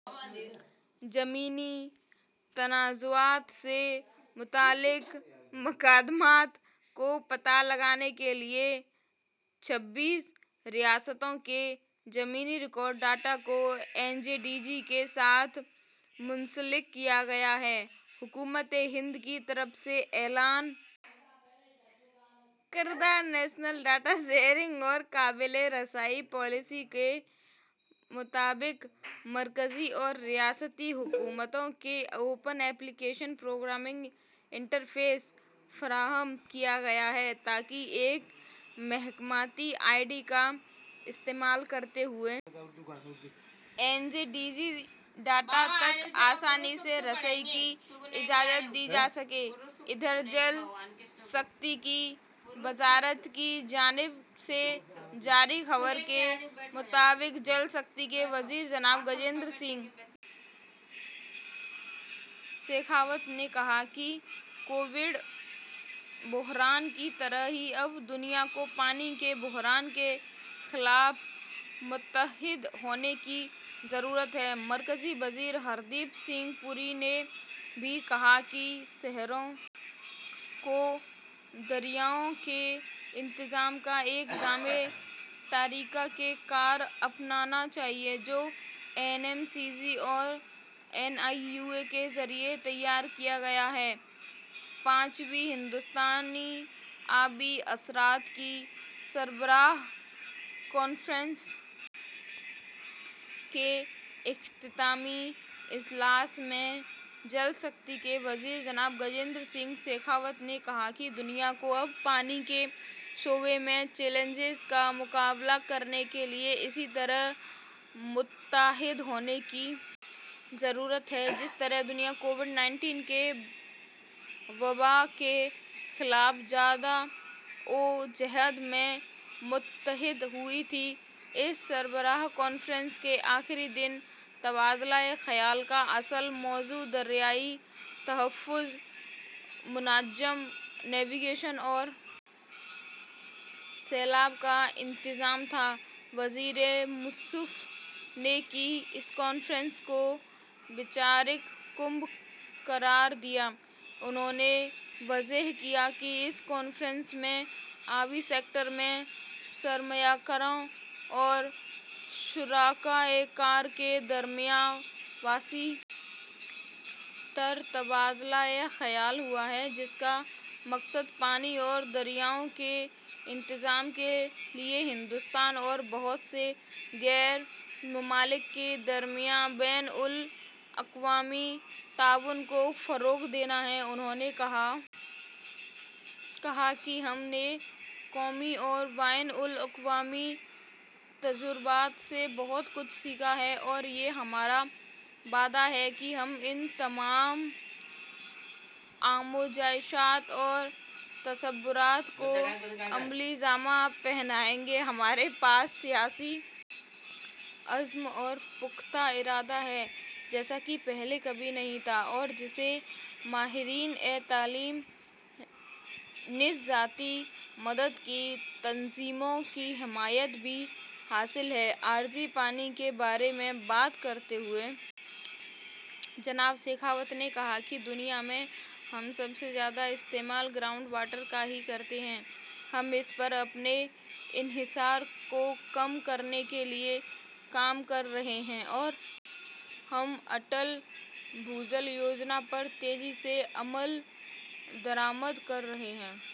زمینی تنازعات سے متعلق مقدمات کا پتہ لگانے کے لیے چھبیس ریاستوں کے زمینی ریکارڈ ڈیٹا کو این جے ڈی جی کے ساتھ منسلک کیا گیا ہے حکومت ہند کی طرف سے اعلان کردہ نیشنل ڈیٹا شیئرنگ اور قابل رسائی پالیسی کے مطابق مرکزی اور ریاستی حکومتوں کو اوپن ایپلیکیشن پروگرامنگ انٹرفیس فراہم کیا گیا ہے تاکہ ایک محکمہ جاتی آئی ڈی کا استعمال کرتے ہوئے N J D G data تک آسانی سے رسائی کی اجازت دی جا سکے ادھر جل شکتی کی وزارت کی جانب سے جاری خبر کے مطابق جل شکتی کے وزیر جناب گجیندر سنگھ شیخاوت نے کہا ہے کہ کووڈ بحران کی طرح ہی اب دنیا کو پانی کے بحران کے خلاف متحد ہونے کی ضرورت ہے مرکزی وزیر ہردیپ سنگھ پوری نے بھی کہا کہ شہروں کو دریاؤں کے انتظام کا ایک جامع طریقہ کار اپنانا چاہیے جو این ایم سی جی اور این آئی یو اے کے ذریعے تیار کردہ ہے پانچویں ہندوستانی آبی اثرات کی سربراہ کانفرنس کے اختتامی اجلاس میں جل شکتی کے وزیر جناب گجیندر سنگھ شیخاوت نے کہا کہ دنیا کو اب پانی کے شعبے میں چیلنجوں کا مقابلہ کرنے کے لیے اسی طرح متحد ہونے کی ضرورت ہے جس طرح دنیا کووڈ انیس کی وباء کے خلاف جدوجہد میں متحد ہوئی تھی اس سربراہ کانفرنس کے آخری دن تبادلہ خیال کا اصل موضوع دریائی تحفظ منضبط نیوی گیشن اور سیلاب کا انتظام تھا وزیر موصوف نے اس کانفرنس کو ویچارک کنبھ قرار دیا انہوں نے واضح کیا کہ اس کانفرنس میں آبی سیکٹر میں سرمایہ کاروں اور شراکت داروں کے درمیان وسیع تر تبادلہ خیال ہوا ہے جس کا مقصد پانی اور دریاؤں کے انتظام کے لیے ہندوستان اور بہت سے غیر ممالک کے درمیان بین الاقوامی تعاون کو فروغ دینا ہے انہوں نے کہا کہ ہم نے قومی اور بین الاقوامی تجربات سے بہت کچھ سیکھا ہے اور یہ ہمارا وعدہ ہے کہ ہم ان تمام آموزشات اور تصورات کو عملی جامہ پہنائیں گے ہمارے پاس سیاسی عزم اور پختہ ارادہ ہے جیسا کہ پہلے کبھی نہیں تھا اور جسے ماہرین تعلیم نیز ذاتی مدد کی تنظیموں کی حمایت بھی حاصل ہے ارضی پانی کے بارے میں بات کرتے ہوئے جناب شیخاوت نے کہا کہ دنیا میں ہم سب سے زیادہ استعمال گراؤنڈ واٹر کا ہی کرتے ہیں ہم اس پر اپنے انحصار کو کم کرنے کے لیے کام کر رہے ہیں اور ہم اٹل بھوجل یوجنا پر تیزی سے عمل درآمد کر رہے ہیں